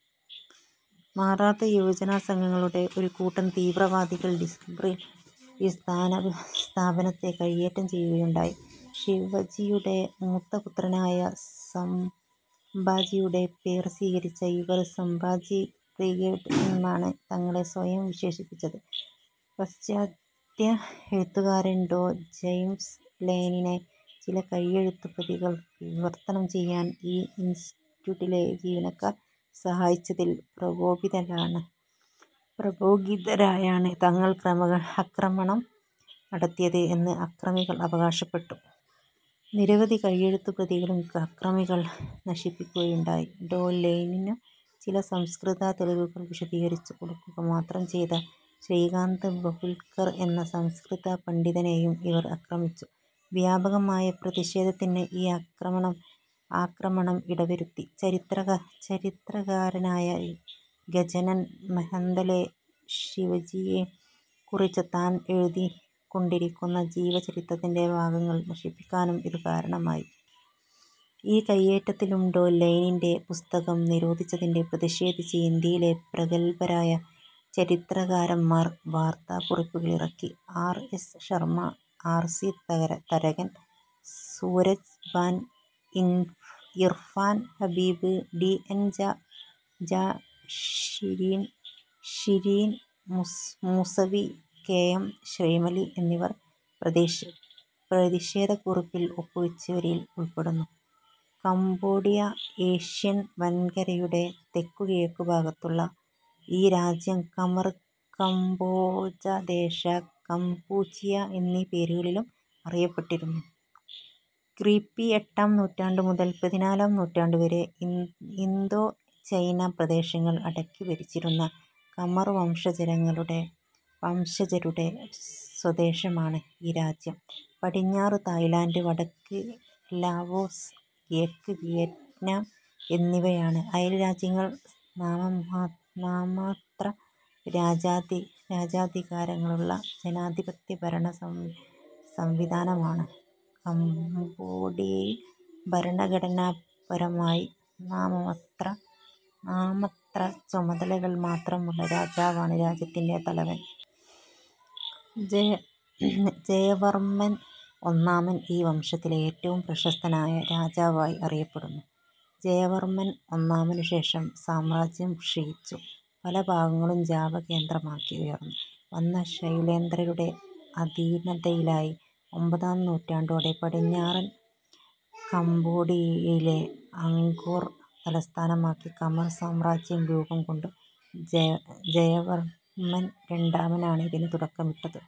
മറാത്ത യുവജന സംഘങ്ങളുടെ ഒരു കൂട്ടം തീവ്രവാദികൾ ഡിസംബറിൽ ഈ സ്ഥാപനത്തെ കൈയ്യേറ്റം ചെയ്യുകയുണ്ടായി. ശിവജിയുടെ മൂത്തപുത്രനായ സംബാജിയുടെ പേർ സ്വീകരിച്ച ഇവർ സംബാജി ബ്രിഗേഡ് എന്നാണ് തങ്ങളെ സ്വയം വിശേഷിപ്പിച്ചത്. പാശ്ചാത്യ എഴുത്തുകാരൻ ഡോ. ജൈംസ് ലയനിനെ ചില കൈയ്യെഴുത്തുപ്രതികൾ വിവർത്തനം ചെയ്യാൻ ഈ ഇൻസ്റ്റിറ്റ്യൂട്ടിലെ ജീവനക്കാർ സഹായിച്ചതിൽ പ്രകോപിതരായാണ് തങ്ങൾ അക്രമണം നടത്തിയത് എന്ന് അക്രമികൾ അവകാശപ്പെട്ടു. നിരവധി കൈയ്യെഴുത്തു പ്രതികളും അക്രമികൾ നശിപ്പിക്കുകയുണ്ടായി. ഡോ. ലയ്നിനു് ചില സംസ്കൃത തെളിവുകൾ വിശദീകരിച്ചു കൊടുക്കുക മാത്രം ചെയ്ത ശ്രീകാന്ത് ബഹുൽകർ എന്ന സംസ്കൃത പണ്ഡിതനെയും ഇവർ അക്രമിച്ചു. വ്യാപകമായ പ്രതിഷേധത്തിനു ഈ ആക്രമണം ഇടവരുത്തി. ചരിത്രകാരനായ ഗജനൻ മെഹെന്തലെ, ശിവജിയെ കുറിച്ചു താൻ എഴുതിക്കൊണ്ടിരിക്കുന്ന ജീവചരിത്രത്തിന്റെ ഭാഗങ്ങൾ നശിപ്പിക്കാനും ഇതു കാരണമായി.. ഈ കൈയേറ്റത്തിലും ഡോ. ലയ്നിന്റെ പുസ്തകം നിരോധിച്ചതിലും പ്രതിഷേധിച്ച് ഇന്ത്യയിലെ പ്രഗല്ഭരായ ചരിത്രകാരന്മാർ വാർത്താകുറിപ്പുകളിറക്കി. R. S. Sharma, R. C. Tharakan, Suraj Bhan, Irfan Habib, D. N. Jha, Shireen Moosvi, K. M. Shrimali എന്നിവർ പ്രതിഷേധക്കുറിപ്പിൽ ഒപ്പുവെച്ചവരിൽ ഉൾപ്പെടുന്നു. കംബോഡിയ ഏഷ്യൻ വൻകരയുടെ തെക്കുകിഴക്കു ഭാഗത്തുള്ള ഈ രാജ്യം ഖമർ, കംബോജദേശ, കംപൂച്ചിയ എന്നീപേരുകളിലും അറിയപ്പെട്ടിരുന്നു. ക്രി. പി. എട്ടാം നൂറ്റാണ്ടുമുതൽ പതിനാലാം നൂറ്റാണ്ടുവരെ ഇന്തോ-ചൈന പ്രദേശങ്ങൾ അടക്കി ഭരിച്ചിരുന്ന ഖമർ വംശജരുടെ സ്വദേശമാണ് ഈ രാജ്യം. പടിഞ്ഞാറ് തായ്ലൻഡ്, വടക്ക് ലാവോസ്, കിഴക്ക് വിയറ്റ്നാം എന്നിവയാണ് അയൽ രാജ്യങ്ങൾ. നാമമാത്ര രാജാധികാരങ്ങളുള്ള ജനാധിപത്യ ഭരണ സംവിധാനമാണ് കമ്പോഡിയയിൽ. ഭരണഘടനാപരമായി നാമമാത്ര ചുമതലകൾ മാത്രമുള്ള രാജാവാണ് രാജ്യത്തിന്റെ തലവൻ. ജയവർമ്മൻ ഒന്നാമൻ ഈ വംശത്തിലെ ഏറ്റവും പ്രശസ്തനായ രാജാവായി അറിയപ്പെടുന്നു. ജയവർമ്മൻ ഒന്നാമനു ശേഷം സാമ്രാജ്യം ക്ഷയിച്ചു, പല ഭാഗങ്ങളും ജാവ കേന്ദ്രമാക്കി ഉയർന്നു വന്ന ശൈലേന്ദ്രരുടെ അധീനതയിലായി. ഒമ്പതാം നൂറ്റാണ്ടോടെ പടിഞ്ഞാറൻ കംബോഡിയയിലെ അങ്കോർ തലസ്ഥാനമാക്കി ഖമർ സാമ്രാജ്യം രൂപം കൊണ്ടു. ജയവർമ്മൻ രണ്ടാമൻ ആണ് ഇതിനു തുടക്കമിട്ടത്.